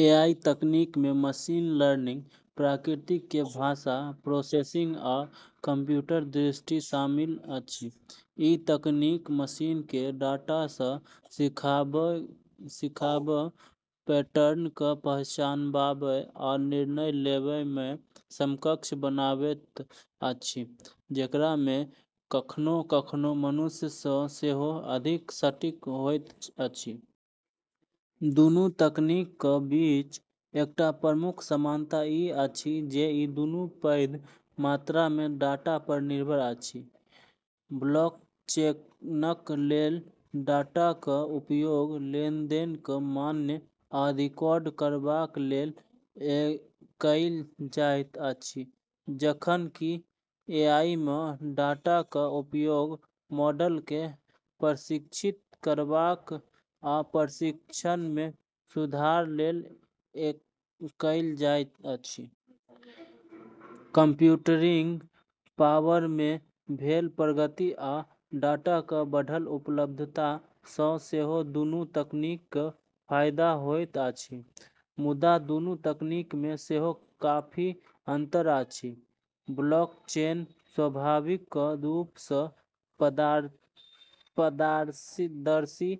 AI तकनीकमे machine learning, प्राकृतिक भाषा प्रोसेसिंग, आ कंप्यूटर दृष्टि शामिल अछि। ई तकनीक मशीनकेँ डाटा सँ सीखबा, पैटर्नकेँ पहचानबा आ निर्णय लेबामे सक्षम बनाबैत अछि, जेकरामे कखनो-कखनो मनुष्य सँ सेहो अधिक सटीक होइत अछि। दुनू तकनीकक बीच एकटा प्रमुख समानता ई अछि जे ई दुनू पैघ मात्रामे डाटा पर निर्भर अछि। ब्लॉकचेनक लेल, डाटाक उपयोग लेनदेनकेँ मान्य आ रिकॉर्ड करबा लेल कएल जाइत अछि जखन कि एआईमे, डाटाक उपयोग मॉडलकेँ प्रशिक्षित करबा आ प्रदर्शनमे सुधार लेल कएल जाइत अछि। कंप्यूटिंग पावरमे भेल प्रगति आ डाटाक बढ़ल उपलब्धता सँ सेहो दुनू तकनीककेँ फायदा होइत अछि। मुदा, दुनू तकनीकमे सेहो काफी अंतर अछि। ब्लॉकचेन स्वाभाविक रूप सँ पारदर्शी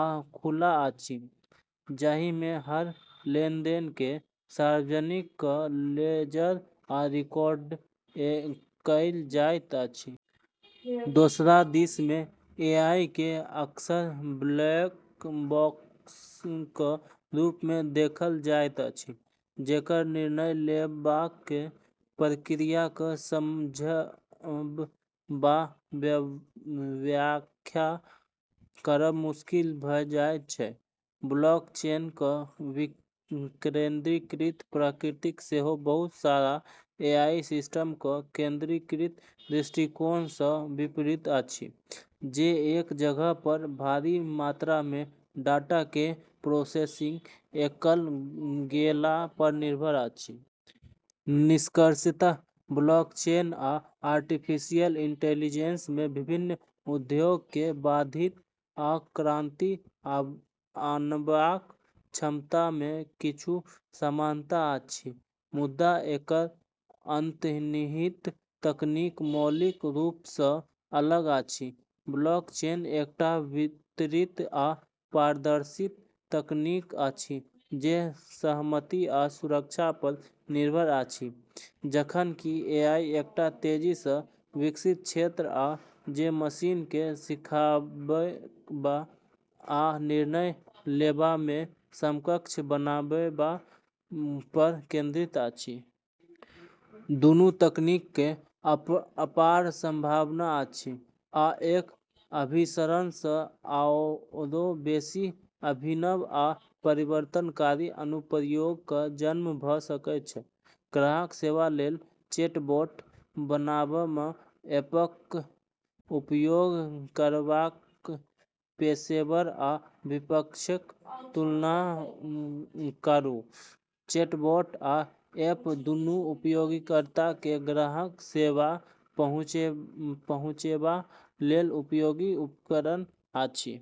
आ खुला अछि, जाहिमे हर लेनदेनकेँ सार्वजनिक लेजर पर रिकॉर्ड कएल जाइत अछि। दोसर दिस एआईकेँ अक्सर ब्लैक बॉक्सक रूपमे देखल जाइत अछि, जेकर निर्णय लेबाक प्रक्रियाकेँ समझब वा व्याख्या करब मुश्किल भ’ जाइत अछि। ब्लॉकचेनक विकेंद्रीकृत प्रकृति सेहो बहुत सारा एआई सिस्टमक केंद्रीकृत दृष्टिकोण सँ विपरीत अछि, जे एक जगह पर भारी मात्रामे डाटाकेँ प्रोसेस कएल गेला पर निर्भर अछि। निष्कर्षतः, ब्लॉकचेन आ आर्टिफिशियल इंटेलिजेंसमे विभिन्न उद्योगकेँ बाधित आ क्रांति आनबाक क्षमतामे किछु समानता अछि, मुदा एकर अंतर्निहित तकनीक मौलिक रूप सँ अलग अछि। ब्लॉकचेन एकटा वितरित आ पारदर्शी तकनीक अछि जे सहमति आ सुरक्षा पर निर्भर अछि, जखन कि एआई एकटा तेजी सँ विकसित क्षेत्र अछि जे मशीनकेँ सीखबा आ निर्णय लेबामे सक्षम बनाबा पर केंद्रित अछि। दुनू तकनीकक अपार संभावना अछि, आ एकर अभिसरण सँ आओर बेसि अभिनव आ परिवर्तनकारी अनुप्रयोगक जन्म भ’ सकैत अछि। ग्राहक सेवा लेल चैटबोट बनाम ऐपक उपयोग करबाक पेशेवर आ विपक्षक तुलना करू। चैटबोट आ ऐप दुनू उपयोगकर्ताकेँ ग्राहक सेवा पहुँचेबा लेल लोकप्रिय उपकरण अछि।